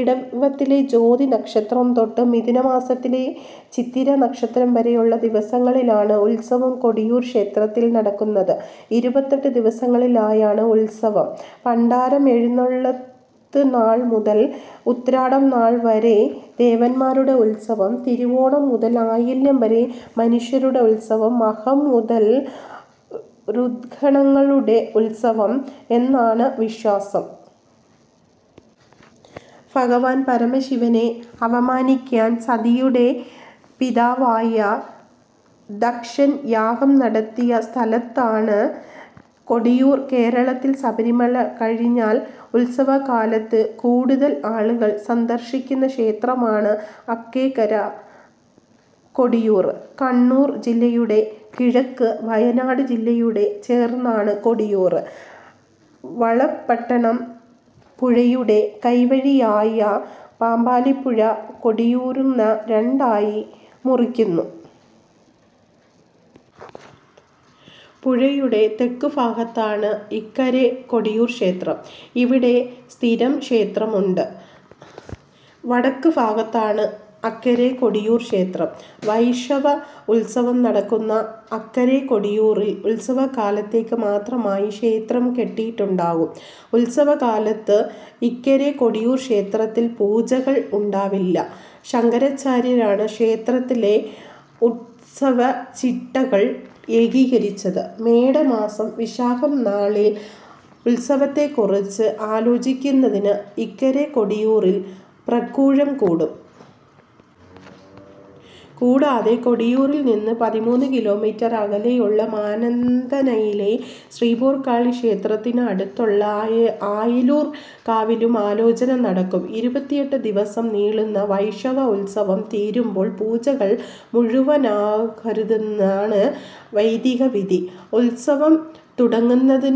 ഇടവത്തിലെ ചോതി നക്ഷത്രം തൊട്ട് മിഥുന മാസത്തിലെ ചിത്തിര നക്ഷത്രം വരെയുള്ള ദിവസങ്ങളിലാണ് ഉത്സവം കൊട്ടിയൂർ ക്ഷേത്രത്തിൽ നടക്കുന്നത്. ഇരുപത്തെട്ട് ദിവസങ്ങളിലായാണ് ഉത്സവം. ഭണ്ഡാരം എഴുന്നള്ളത്തുനാൾ മുതൽ ഉത്രാടം നാൾ വരെ ദേവന്മാരുടെ ഉത്സവം. തിരുവോണം മുതൽ ആയില്യം വരെ മനുഷ്യരുടെ ഉത്സവം. മകം മുതൽ ഭൂതഗണങ്ങളുടെ ഉത്സവം എന്നാണ് വിശ്വാസം. ഭഗവാൻ പരമശിവനെ അപമാനിക്കാൻ സതിയുടെ പിതാവായ ദക്ഷൻ യാഗം നടത്തിയ സ്ഥലമാണ് കൊട്ടിയൂർ. കേരളത്തിൽ ശബരിമല കഴിഞ്ഞാൽ ഉത്സവകാലത്ത് കൂടുതൽ ആളുകൾ സന്ദർശിക്കുന്ന ക്ഷേത്രമാണ് അക്കരെ കൊട്ടിയൂർ. കണ്ണൂർ ജില്ലയുടെ കിഴക്ക്, വയനാട് ജില്ലയോട് ചേർന്നാണ് കൊട്ടിയൂർ. വളപ്പട്ടണം പുഴയുടെ കൈവഴിയായ ബാവലിപ്പുഴ കൊട്ടിയൂരിനെ രണ്ടായി മുറിക്കുന്നു. പുഴയുടെ തെക്കുഭാഗത്താണ് ഇക്കരെ കൊട്ടിയൂർ ക്ഷേത്രം. ഇവിടെ സ്ഥിരം ക്ഷേത്രമുണ്ട്. വടക്കുഭാഗത്താണ് അക്കരെ കൊട്ടിയൂർ ക്ഷേത്രം. വൈശാഖ ഉത്സവം നടക്കുന്ന അക്കരെ കൊട്ടിയൂരിൽ ഉത്സവകാലത്തേക്ക് മാത്രമായി ക്ഷേത്രം കെട്ടിയുണ്ടാക്കും. ഉത്സവകാലത്ത് ഇക്കരെ കൊട്ടിയൂർ ക്ഷേത്രത്തിൽ പൂജകൾ ഉണ്ടാവില്ല. ശങ്കരാചാര്യരാണ് ക്ഷേത്രത്തിലെ ഉത്സവചിട്ടകൾ ഏകീകരിച്ചത്. മേട മാസം വിശാഖം നാളിൽ ഉത്സവത്തെക്കുറിച്ച് ആലോചിക്കുന്നതിന് ഇക്കരെ കൊട്ടിയൂരിൽ പ്രാക്കൂഴം കൂടും. കൂടാതെ കൊട്ടിയൂരിൽ നിന്ന് പതിമൂന്ന് കിലോമീറ്റർ അകലെയുള്ള മണത്തണയിലെ ശ്രീപോർക്കലി ക്ഷേത്രത്തിന് അടുത്തുള്ള ആയില്യർ കാവിലും ആലോചന നടക്കും. ഇരുപത്തിയെട്ട് ദിവസം നീളുന്ന വൈശാഖ ഉത്സവം തീരുമ്പോൾ പൂജകൾ മുഴുവനാകരുതെന്നാണ് വൈദികവിധി. ഉത്സവം തുടങ്ങുന്നത്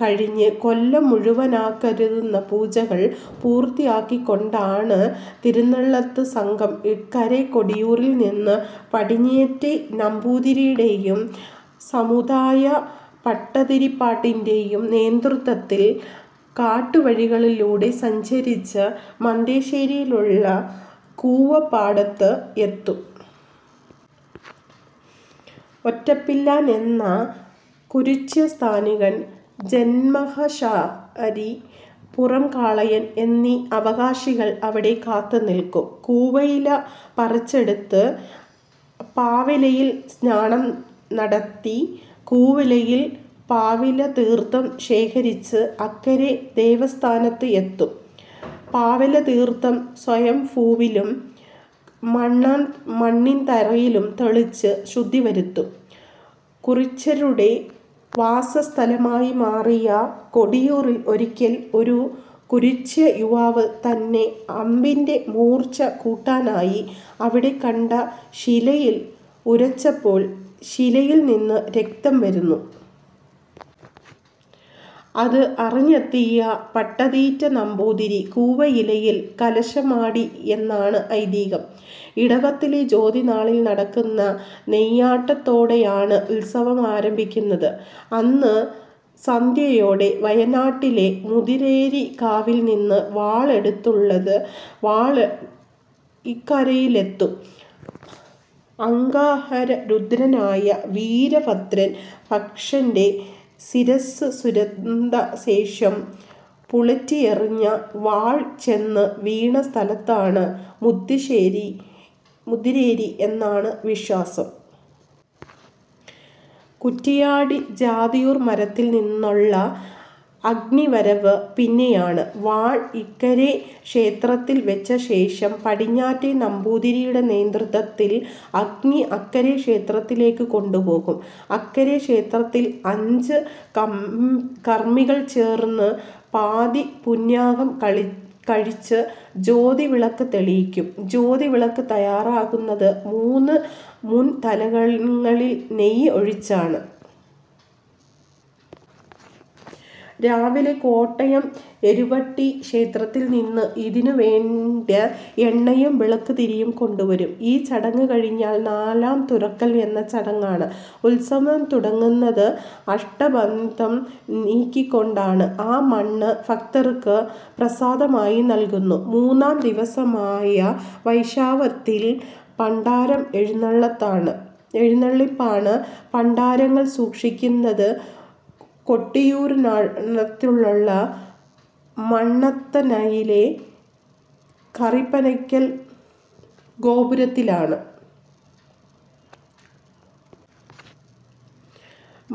കഴിഞ്ഞ കൊല്ലം മുഴുവനാകാതിരുന്ന പൂജകൾ പൂർത്തിയാക്കിക്കൊണ്ടാണ്. നീരെഴുന്നള്ളത്ത് സംഘം ഇക്കരെ കൊട്ടിയൂരിൽ നിന്ന് പടിഞ്ഞീറ്റ നമ്പൂതിരിയുടെയും സമുദായി ഭട്ടതിരിപ്പാടിൻ്റെയും നേതൃത്വത്തിൽ കാട്ടുവഴികളിലൂടെ സഞ്ചരിച്ച് മന്ദഞ്ചേരിയിലെ കൂവപ്പാടത്ത് എത്തും. ഒറ്റപ്പിലാൻ എന്ന കുറിച്യസ്ഥാനികൻ, ജന്മാശാരി, പുറംകലയൻ എന്നീ അവകാശികൾ അവിടെ കാത്തുനിൽക്കും. കൂവയില പറിച്ചെടുത്ത് ബാവലിയിൽ സ്നാനം നടത്തി കൂവയിലയിൽ ബാവലിതീർത്ഥം ശേഖരിച്ച് അക്കരെ ദേവസ്ഥാനത്ത് എത്തും. ബാവലിതീർത്ഥം സ്വയംഭൂവിലും മണിത്തറയിലും തളിച്ച് ശുദ്ധിവരുത്തും. കുറിച്യരുടെ വാസസ്ഥലമായി മാറിയ കൊട്ടിയൂരിൽ ഒരിക്കൽ ഒരു കുറിച്യയുവാവ് തൻ്റെ അമ്പിൻ്റെ മൂർച്ച കൂട്ടാനായി അവിടെ കണ്ട ശിലയിൽ ഉരച്ചപ്പോൾ ശിലയിൽ നിന്ന് രക്തം വാർന്നു. അത് അറിഞ്ഞെത്തിയ പടിഞ്ഞീറ്റ നമ്പൂതിരി കൂവയിലയിൽ കലശമാടിയെന്നാണ് ഐതിഹ്യം. ഇടവത്തിലെ ചോതി നാളിൽ നടക്കുന്ന നെയ്യാട്ടത്തോടെയാണ് ഉത്സവം ആരംഭിക്കുന്നത്. അന്ന് സന്ധ്യയോടെ വയനാട്ടിലെ മുതിരേരിക്കാവിൽ നിന്ന് വാൾ എഴുന്നള്ളത്ത് ഇക്കരയിലെത്തും. സംഹാരരുദ്രനായ വീരഭദ്രൻ ദക്ഷൻ്റെ ശിരസ്സറുത്ത ശേഷം ചുഴറ്റിയെറിഞ്ഞ വാൾ ചെന്നു വീണ സ്ഥലമാണ് മുതിരേരി എന്നാണ് വിശ്വാസം. കുറ്റിയാടി ജാതിയൂർ മഠത്തിൽ നിന്നുള്ള അഗ്നിവരവ് പിന്നെയൊന്ന്. വാൾ ഇക്കരെ ക്ഷേത്രത്തിൽ വെച്ചശേഷം പടിഞ്ഞാറ്റെ നമ്പൂതിരിയുടെ നേതൃത്വത്തിൽ അഗ്നി അക്കരെ ക്ഷേത്രത്തിലേക്ക് കൊണ്ടുപോകും. അക്കരെ ക്ഷേത്രത്തിൽ അഞ്ച് കർമ്മികൾ ചേർന്ന് പാതിപൂണ്യാഹം കഴിച്ച് ചോതി വിളക്ക് തെളിയിക്കും. ചോതി വിളക്ക് തയ്യാറാക്കുന്നത് മൂന്ന് മൺതാലങ്ങളിൽ നെയ്യ് ഒഴിച്ചാണ്. രാവിലെ കോട്ടയം എരുവട്ടി ക്ഷേത്രത്തിൽ നിന്ന് ഇതിനു വേണ്ട എണ്ണയും വിളക്കുതിരിയും കൊണ്ടുവരും. ഈ ചടങ്ങ് കഴിഞ്ഞാൽ "നാളം തുറക്കൽ" എന്ന ചടങ്ങാണ്. ഉത്സവം തുടങ്ങുന്നത് അഷ്ടബന്ധം നീക്കിക്കൊണ്ടാണ്, ആ മണ്ണ് ഭക്തർക്ക് പ്രസാദമായി നൽകുന്നു. മൂന്നാം ദിവസമായ വൈശാഖത്തിൽ ഭണ്ഡാരം എഴുന്നെള്ളിപ്പാണ്. ഭണ്ഡാരങ്ങൾ സൂക്ഷിക്കുന്നത് കൊട്ടിയൂരിനടുത്തുള്ള മണത്തണയിലെ കരിമ്പനയ്ക്കൽ ഗോപുരത്തിലാണ്.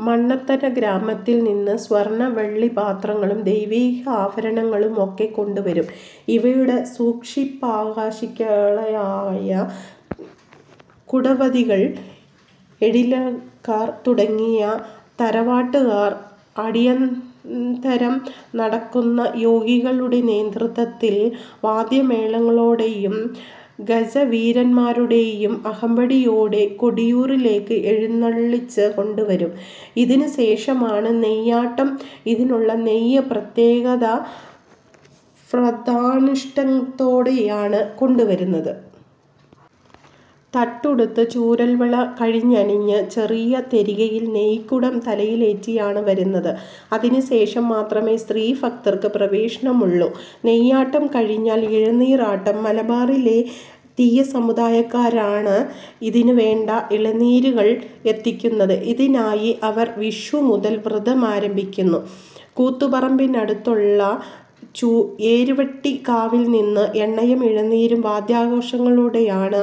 മണത്തണ ഗ്രാമത്തിൽ നിന്ന് സ്വർണ്ണ, വെള്ളി പാത്രങ്ങളും ദൈവിക ആഭരണങ്ങളും ഒക്കെ കൊണ്ടുവരും. ഇവയുടെ സൂക്ഷിപ്പവകാശികളായ കുടവതികൾ, ഏഴില്ലക്കാർ തുടങ്ങിയ തറവാട്ടുകാർ അടിയന്തരം നടത്തുന്ന യോഗികളുടെ നേതൃത്വത്തിൽ വാദ്യമേളങ്ങളോടെയും ഗജവീരന്മാരുടെയും അകമ്പടിയോടെ കൊട്ടിയൂരിലേക്ക് എഴുന്നള്ളിച്ച് കൊണ്ടുവരും. ഇതിനുശേഷമാണ് നെയ്യാട്ടം. ഇതിനുള്ള നെയ്യ് പ്രത്യേക വ്രതാനുഷ്ഠാനത്തോടെയാണ് കൊണ്ടുവരുന്നത്. തറ്റുടുത്ത്, ചൂരൽവള കഴുത്തിലണിഞ്ഞ് ചെറിയ തെരികയിൽ നെയ്ക്കുടം തലയിലേറ്റിയാണ് വരുന്നത്. അതിനു ശേഷം മാത്രമേ സ്ത്രീ ഭക്തർക്ക് പ്രവേശനമുള്ളൂ. നെയ്യാട്ടം കഴിഞ്ഞാൽ ഇളനീരാട്ടമാണ്. മലബാറിലെ തിയ്യസമുദായക്കാരാണ് ഇതിനു വേണ്ട ഇളനീരുകൾ എത്തിക്കുന്നത്. ഇതിനായി അവർ വിഷു മുതൽ വ്രതം ആരംഭിക്കുന്നു. കൂത്തുപറമ്പിനടുത്തുള്ള എരുവട്ടിക്കാവിൽ നിന്ന് എണ്ണയും ഇളനീരും വാദ്യാഘോഷങ്ങളോടെയാണ് എത്തിക്കുന്നത്.